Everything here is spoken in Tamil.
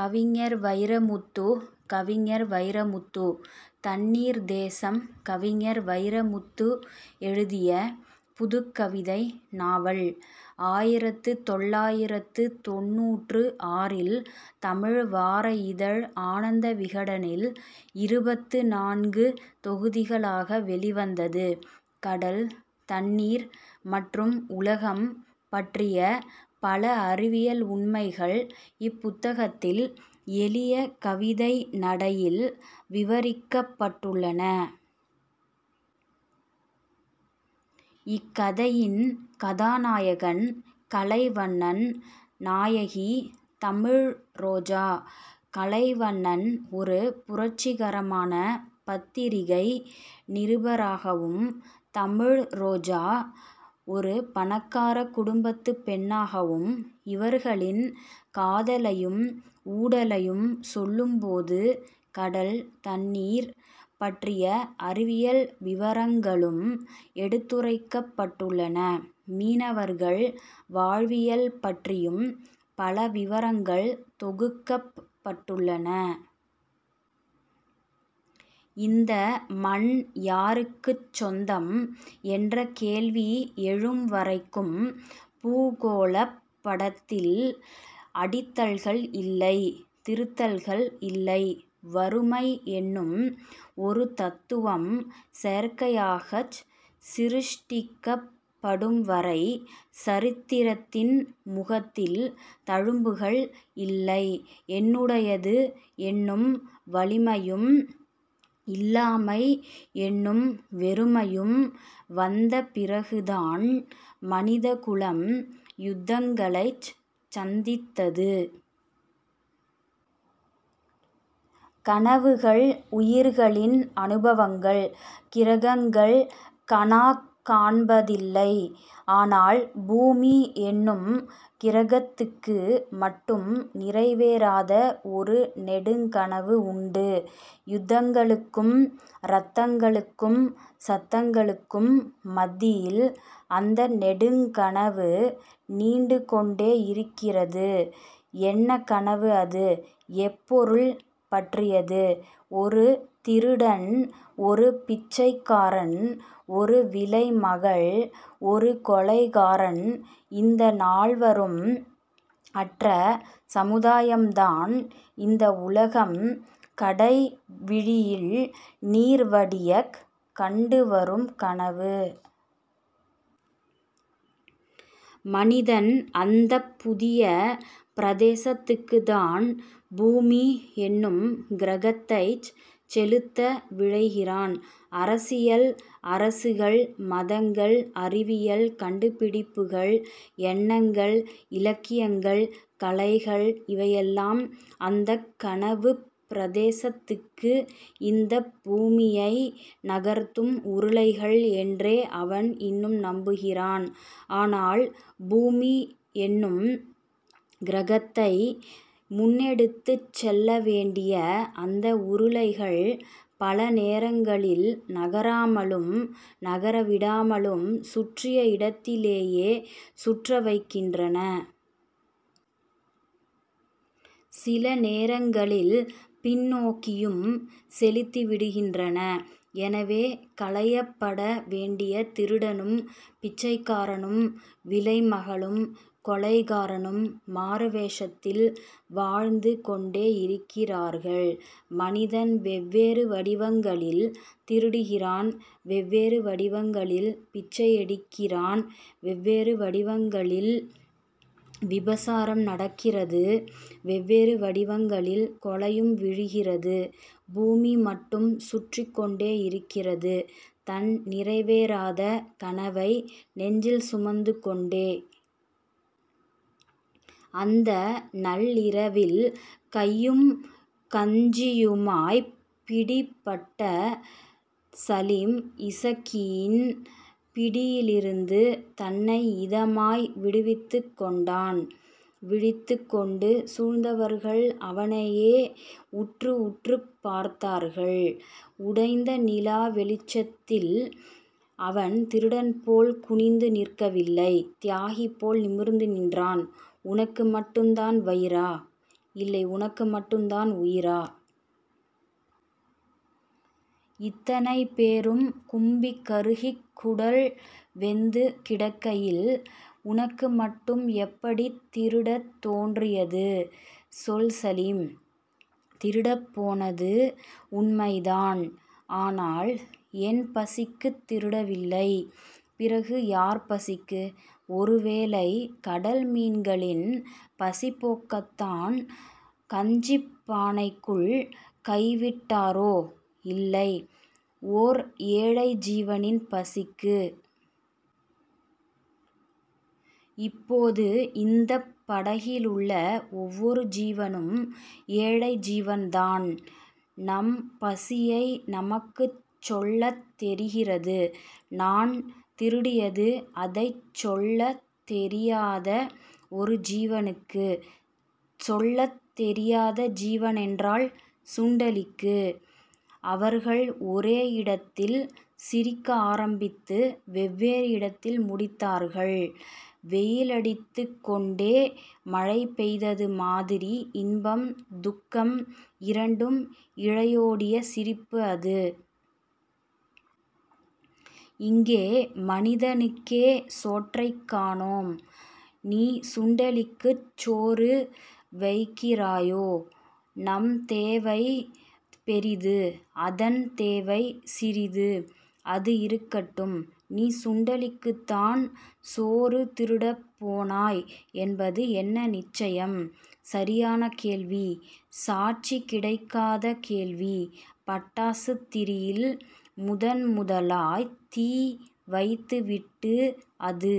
கவிஞர் வைரமுத்து கவிஞர் வைரமுத்து தண்ணீர் தேசம் கவிஞர் வைரமுத்து எழுதிய புதுக்கவிதை நாவல். ஆயிரத்து தொள்ளாயிரத்து தொண்ணூற்று ஆறில் தமிழ் வார இதழ் ஆனந்த விகடனில் இருபத்து நான்கு தொகுதிகளாக வெளிவந்தது. கடல், தண்ணீர் மற்றும் உலகம் பற்றிய பல அறிவியல் உண்மைகள் இப்புத்தகத்தில் எளிய கவிதை நடையில் விவரிக்கப் பட்டுள்ளன. இக் கதையின் கதாநாயகன் கலைவண்ணன், நாயகி தமிழ்ரோஜா. கலைவண்ணன் ஒரு புரட்சிகரமான பத்திரிகை நிருபராகவும், தமிழ்ரோஜா ஒரு பணக்கார குடும்பத்து பெண்ணாகவும், இவர்களின் காதலையும், ஊடலையும் சொல்லும்போது கடல், தண்ணீர் பற்றிய அறிவியல் விவரங்களும் எடுத்துரைக்கப் பட்டுள்ளன. மீனவர்கள் வாழ்வியல் பற்றியும் பல விவரங்கள் தொகுக்கப் பட்டுள்ளன. இந்த மண் யாருக்குச் சொந்தம் என்ற கேள்வி எழும்வரைக்கும் பூகோளப் படத்தில் அடித்தல்கள் இல்லை. திருத்தல்கள் இல்லை. வறுமை என்னும் ஒரு தத்துவம் செயற்கையாகச் சிருஷடிக்கப்படும்வரை சரித்திரத்தின் முகத்தில் தழும்புகள் இல்லை. என்னுடையது என்னும் வலிமையும், இல்லாமை என்னும் வெறுமையும் வந்த பிறகுதான் மனிதகுலம் யுத்தங்களைச் சந்தித்தது. கனவுகள் உயிர்களின் அனுபவங்கள். கிரகங்கள் கனாக் காண்பதில்லை. ஆனால், பூமி என்னும் கிரகத்துக்கு மட்டும் நிறைவேறாத ஒரு நெடுங்கனவு உண்டு. யுத்தங்களுக்கும் ரத்தங்களுக்கும் சத்தங்களுக்கும் மத்தியில் அந்த நெடுங்கனவு நீண்டு கொண்டேயிருக்கிறது. என்ன கனவு அது? எப்பொருள் பற்றியது? ஒரு திருடன் ஒரு பிச்சைக்காரன் ஒரு விலைமகள் ஒரு கொலைகாரன் இந்த நால்வரும் அற்ற சமுதாயம்தான் இந்த உலகம் கடைவிழியில் நீர்வடியக் கண்டுவரும் கனவு. மனிதன் அந்தப் புதிய பிரதேசத்துக்குத்தான் பூமி என்னும் கிரகத்தைச் செலுத்த விழைகிறான். அரசியல் அரசுகள் மதங்கள் அறிவியல் கண்டுபிடிப்புகள் எண்ணங்கள் இலக்கியங்கள் கலைகள் இவையெல்லாம் அந்தக் கனவுப் பிரதேசத்துக்கு இந்தப் பூமியை நகர்த்தும் உருளைகள் என்றே அவன் இன்னும் நம்புகிறான். ஆனால், பூமியென்னும் கிரகத்தை முன்னெடுத்துச் செல்ல வேண்டிய அந்த உருளைகள் பல நேரங்களில் நகராமலும் நகரவிடாமலும் சுற்றிய இடத்திலேயே சுற்ற வைக்கின்றன. சில நேரங்களில் பின்னோக்கியும் செலுத்திவிடுகின்றன. எனவே களையப்பட வேண்டிய திருடனும் பிச்சைக்காரனும் விலைமகளும் கொலைகாரனும் மாறுவேஷத்தில் வாழ்ந்து கொண்டேயிருக்கிறார்கள். மனிதன் வெவ்வேறு வடிவங்களில் திருடுகிறான். வெவ்வேறு வடிவங்களில் பிச்சையெடுக்கிறான். வெவ்வேறு வடிவங்களில் விபசாரம் நடக்கிறது. வெவ்வேறு வடிவங்களில் கொலையும் விழுகிறது. பூமி மட்டும் சுற்றிக்கொண்டேயிருக்கிறது தன் நிறைவேறாத கனவை நெஞ்சில் சுமந்துகொண்டே. அந்த நள்ளிரவில் கையும் கஞ்சியுமாய்ப் பிடிபட்ட சலீம், இசக்கியின் பிடியிலிருந்து தன்னை இதமாய் விடுவித்துக் கொண்டான். விழித்துக்கொண்டு சூழ்ந்தவர்கள் அவனையே உற்று உற்றுப் பார்த்தார்கள் உடைந்த நிலாவெளிச்சத்தில். அவன் திருடன்போல் குனிந்து நிற்கவில்லை. தியாகிபோல் நிமிர்ந்து நின்றான். உனக்கு மட்டுந்தான் வயிறா? இல்லை உனக்கு மட்டுந்தான் உயிரா? இத்தனை பேரும் கும்பிகருகிக் குடல் வெந்து கிடக்கையில் உனக்கு மட்டும் எப்படித் திருடத் தோன்றியது? சொல் சலீம். திருடப் போனது உண்மைதான். ஆனால், என் பசிக்குத் திருடவில்லை... பிறகு யார் பசிக்கு? ஒருவேளை கடல்மீன்களின் பசிபோக்கத்தான் கஞ்சிப் பானைக்குள் கைவிட்டாரோ? இல்லை. ஓர் ஏழை ஜீவனின் பசிக்கு. இப்போது இந்தப் படகிலுள்ள ஒவ்வொரு ஜீவனும் ஏழை ஜீவன்தான். நம் பசியை நமக்குச் சொல்லத் தெரிகிறது. நான் திருடியது அதைச் சொல்லத் தெரியாத ஒரு ஜீவனுக்கு. சொல்லத் தெரியாத ஜீவனென்றால்..? சுண்டெலிக்கு. அவர்கள் ஒரே இடத்தில் சிரிக்க ஆரம்பித்து வெவ்வேறு இடத்தில் முடித்தார்கள். வெயிலடித்துக் கொண்டே மழை பெய்தது மாதிரி இன்பம், துக்கம் இரண்டும் இழையோடிய சிரிப்பு அது. இங்கே மனிதனுக்கே சோற்றைக் காணோம். நீ சுண்டெலிக்குச் சோறு வைக்கிறாயோ? நம் தேவை பெரிது. அதன் தேவை சிறிது. அது இருக்கட்டும். நீ சுண்டெலிக்குத்தான் சோறு திருடப் போனாய் என்பது என்ன நிச்சயம்? சரியான கேள்வி. சாட்சி கிடைக்காத கேள்வி. பட்டாசுத் திரியில் முதன்முதலாய்த் தீ வைத்துவிட்டு அது